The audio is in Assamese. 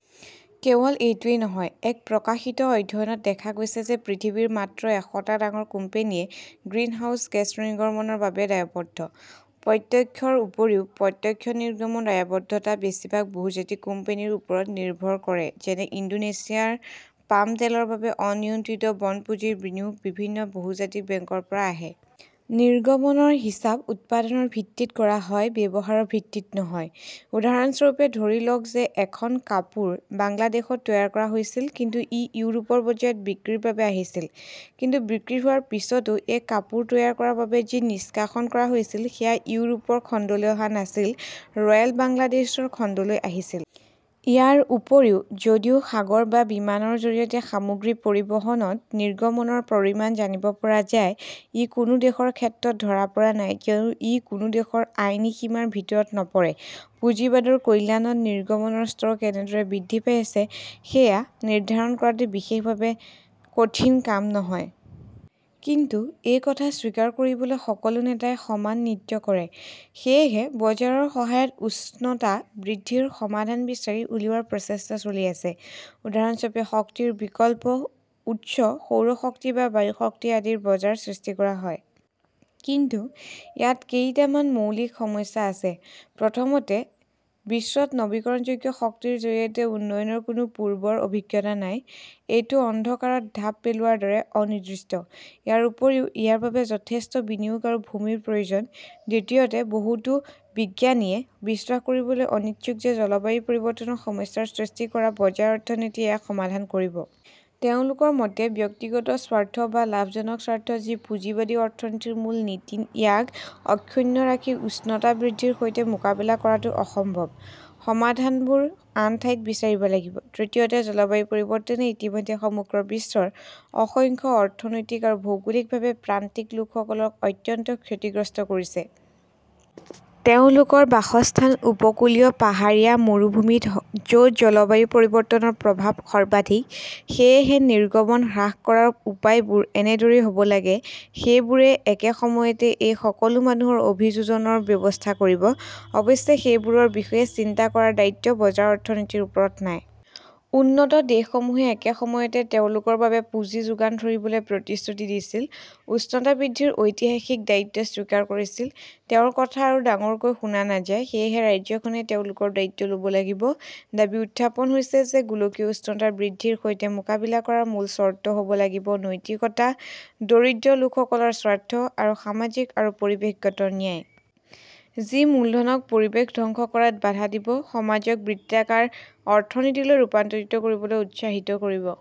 কেৱল এইটোৱেই নহয়, এক প্ৰকাশিত অধ্যয়নত দেখা গৈছে যে পৃথিৱীৰ মাত্ৰ এশটা ডাঙৰ কোম্পানীয়ে গ্ৰিনহাউজ গেছ নিৰ্গমনৰ বাবে দায়বদ্ধ। প্ৰত্যক্ষৰ উপৰিও, প্ৰত্যক্ষ নিৰ্গমনৰ দায়বদ্ধতা বেছিভাগ বহুজাতিক কোম্পানীৰ ওপৰত নিৰ্ভৰ কৰেযেনে, ইণ্ডোনেছিয়াৰ পাম তেলৰ বাবে অনিয়ন্ত্ৰিত বন পুঁজিৰ বিনিয়োগ বিভিন্ন বহুজাতিক বেংকৰ পৰা আহে। নিৰ্গমনৰ হিচাপ উৎপাদনৰ ভিত্তিত কৰা হয়, ব্যৱহাৰৰ ভিত্তিত নহয়। উদাহৰণস্বৰূপে, ধৰি লওঁক যে এখন কাপোৰ বাংলাদেশত তৈয়াৰ কৰা হৈছিল, কিন্তু ই ইউৰোপৰ বজাৰত বিক্ৰীৰ বাবে আহিছিল। কিন্তু বিক্ৰী হোৱাৰ পিছতো এই কাপোৰ তৈয়াৰ কৰাৰ বাবে যি নিষ্কাশন কৰা হৈছিল সেয়া ইউৰোপৰ খণ্ডলৈ অহা নাছিল, ৰয়েল বাংলাদেশৰ খণ্ডলৈ আহিছিল। ইয়াৰ উপৰিও, যদিও সাগৰ বা বিমানৰ জৰিয়তে সামগ্ৰী পৰিবহণত নিৰ্গমনৰ পৰিমাণ জানিব পৰা যায়, ই কোনো দেশৰ ক্ষেত্ৰত ধৰা পৰা নাই, কিয়নো ই কোনো দেশৰ আইনী সীমাৰ ভিতৰত নপৰে। পুঁজিবাদৰ কল্যাণত নিৰ্গমনৰ স্তৰ কেনেদৰে বৃদ্ধি পাইছে সেয়া নিৰ্ধাৰণ কৰাটো বিশেষভাৱে কঠিন কাম নহয়। কিন্তু, এই কথা স্বীকাৰ কৰিবলৈ সকলো নেতাই সমান নৃত্য কৰে। সেয়েহে বজাৰৰ সহায়ত উষ্ণতা বৃদ্ধিৰ সমাধান বিচাৰি উলিওৱাৰ প্ৰচেষ্টা চলি আছে। উদাহৰণস্বৰূপে, শক্তিৰ বিকল্প উৎস-সৌৰ শক্তি বা বায়ু শক্তি আদিৰ বজাৰ সৃষ্টি কৰা। কিন্তু ইয়াত কেইটামান মৌলিক সমস্যা আছে। প্ৰথমতে, বিশ্বত নৱীকৰণযোগ্য শক্তিৰ জৰিয়তে উন্নয়নৰ কোনো পূৰ্বৰ অভিজ্ঞতা নাই। এইটো অন্ধকাৰত ঢাপ পেলোৱাৰ দৰে, অনিৰ্দিষ্ট। ইয়াৰ উপৰিও, ইয়াৰ বাবে যথেষ্ট বিনিয়োগ আৰু ভূমিৰ প্ৰয়োজন। দ্বিতীয়তে, বহুতো বিজ্ঞানীয়ে বিশ্বাস কৰিবলৈ অনিচ্ছুক যে জলবায়ু পৰিৱৰ্তনৰ সমস্যাৰ সৃষ্টি কৰা বজাৰ-অৰ্থনীতিয়ে ইয়াক সমাধান কৰিব। তেওঁলোকৰ মতে, ব্যক্তিগত স্বাৰ্থ বা লাভজনক স্বাৰ্থ, যি পুঁজিবাদী অৰ্থনীতিৰ মূল নীতি-ইয়াক অক্ষুণ্ণ ৰাখি উষ্ণতা বৃদ্ধিৰ সৈতে মোকাবিলা কৰাটো অসম্ভৱ, সমাধানবোৰ আন ঠাইত বিচাৰিব লাগিব। তৃতীয়তে, জলবায়ু পৰিৱৰ্তনে ইতিমধ্যে সমগ্ৰ বিশ্বৰ অসংখ্য অৰ্থনৈতিক আৰু ভৌগোলিকভাৱে প্ৰান্তিক লোকসকলক অত্যন্ত ক্ষতিগ্ৰস্ত কৰিছে। তেওঁলোকৰ বাসস্থান উপকূলীয়, পাহাৰীয়া, মৰুভূমিত, য'ত জলবায়ু পৰিৱৰ্তনৰ প্ৰভাৱ সৰ্বাধিক। সেয়েহে নিৰ্গমন হ্ৰাস কৰাৰ উপায়বোৰ এনেদৰেই হ 'ব লাগে, সেইবোৰে একে সময়তে এই সকলো মানুহৰ অভিযোজনৰ ব্যৱস্থা কৰিব। অৱশ্যে, সেইবোৰৰ বিষয়ে চিন্তা কৰাৰ দায়িত্ব বজাৰ অৰ্থনীতিৰ ওপৰত নাই। উন্নত দেশসমূহে একে সময়তে তেওঁলোকৰ বাবে পুঁজি যোগান ধৰিবলৈ প্ৰতিশ্ৰুতি দিছিল, উষ্ণতা বৃদ্ধিৰ ঐতিহাসিক দায়িত্ব স্বীকাৰ কৰিছিল। তেওঁৰ কথা আৰু ডাঙৰকৈ শুনা নাযায়। সেয়েহে, ৰাজ্যখনে তেওঁলোকৰ দায়িত্ব ল'ব লাগিব। দাবী উত্থাপন হৈছে যে গোলকীয় উষ্ণতা বৃদ্ধিৰ সৈতে মোকাবিলা কৰাৰ মূল চৰ্ত হ'ব লাগিব নৈতিকতা, দৰিদ্ৰ লোকসকলৰ স্বাৰ্থ আৰু সামাজিক আৰু পৰিৱেশগত ন্যায়। যি মূলধনক পৰিৱেশ ধ্বংস কৰাত বাধা দিব, সমাজক বৃত্তাকাৰ অৰ্থনীতিলৈ ৰূপান্তৰিত কৰিবলৈ উৎসাহিত কৰিব।